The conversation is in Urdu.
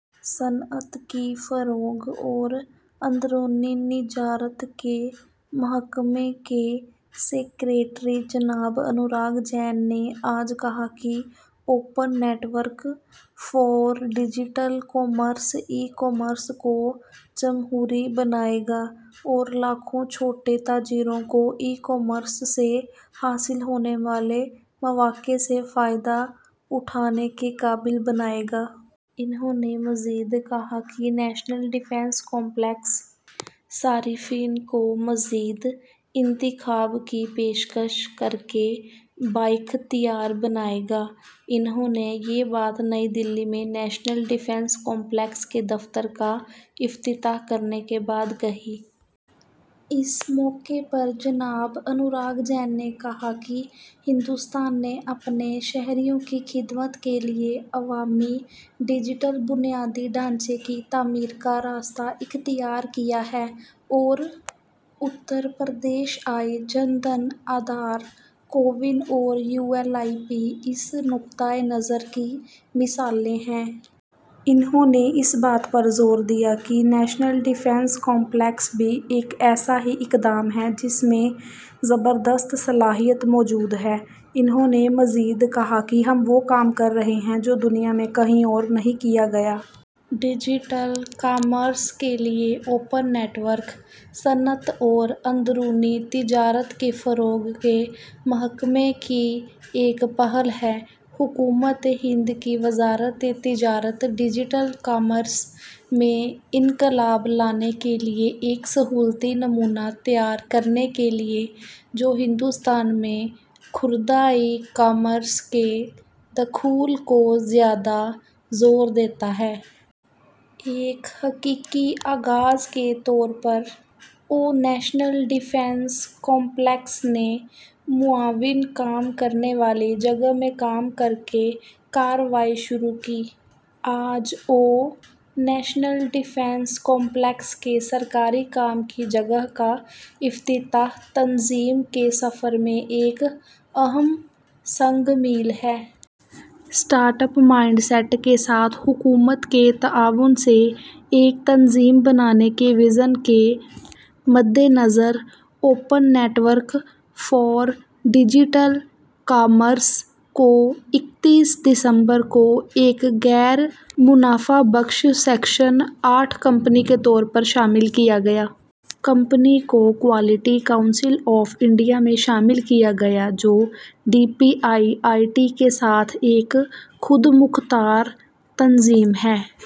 صنعت کی فروغ اور اندرونی تجارت کے محکمہ کے سکریٹری، جناب انوراگ جین نے آج کہا کہ open network for digital commerce e commerce کو جمہوری بنائے گا اور لاکھوں چھوٹے تاجروں کو ای کامرس سے حاصل ہونے والے مواقع سے فائدہ اٹھانے کے قابل بنائے گا۔ انہوں نے مزید کہا کہ او این ڈی سی صارفین کو مزید انتخاب کی پیشکش کرکے بااختیار بنائے گا۔ انہوں نے یہ بات نئی دہلی میں او این ڈی سی کے دفتر کا افتتاح کرنے کے بعد کہی۔ اس موقع پر جناب انوراگ جین نے کہا کہ ہندوستان نے اپنے شہریوں کی خدمت کے لیے عوامی ڈیجیٹل بنیادی ڈھانچے کی تعمیر کا راستہ اختیار کیا ہے اور یو پی آئی، جن دھن، آدھار، کووِن اور یو ایل آئی پی اس نقطہ نظر کی مثالیں ہیں۔ انہوں نے اس بات پر زور دیا کہ او این ڈی سی بھی ایک ایسا ہی اقدام ہے جس میں زبردست صلاحیت موجود ہے۔ انہوں نے مزید کہا کہ ہم وہ کام کر رہے ہیں جو دنیا میں کہیں اور نہیں کیا گیا۔ ڈیجیٹل کامرس کے لیے اوپن نیٹ ورک، صنعت اور اندرونی تجارت کے فروغ کے محکمے کی ایک پہل ہے، حکومتِ ہند کی وزارتِ تجارت، ڈیجیٹل کامرس میں انقلاب لانے کے لیے ایک سہولتی نمونہ تیار کرنے کے لیے، جو ہندوستان میں خوردہ ای کامرس کے دخول کو زیادہ زور دیتا ہے۔ ایک حقیقی آغاز کے طور پر، او این ڈی سی نے معاون کام کرنے والی جگہ میں کام کرکے کارروائی شروع کی۔ آج، او این ڈی سی کے سرکاری کام کی جگہ کا افتتاح، تنظیم کے سفر میں ایک اہم سنگِ میل ہے۔ اسٹارٹ اپ مائنڈ سیٹ کے ساتھ حکومت کے تعاون سے ایک تنظیم بنانے کے وژن کے مدِنظر، ''open network for digital commerce'' کو اکتیس دسمبر کو ایک غیر منافع بخش، سیکشن آٹھ کمپنی کے طور پر شامل کیا گیا۔ کمپنی کو کوالٹی کونسل آف انڈیا میں شامل کیا گیا، جو D P I I T کے ساتھ ایک خود مختار تنظیم ہے۔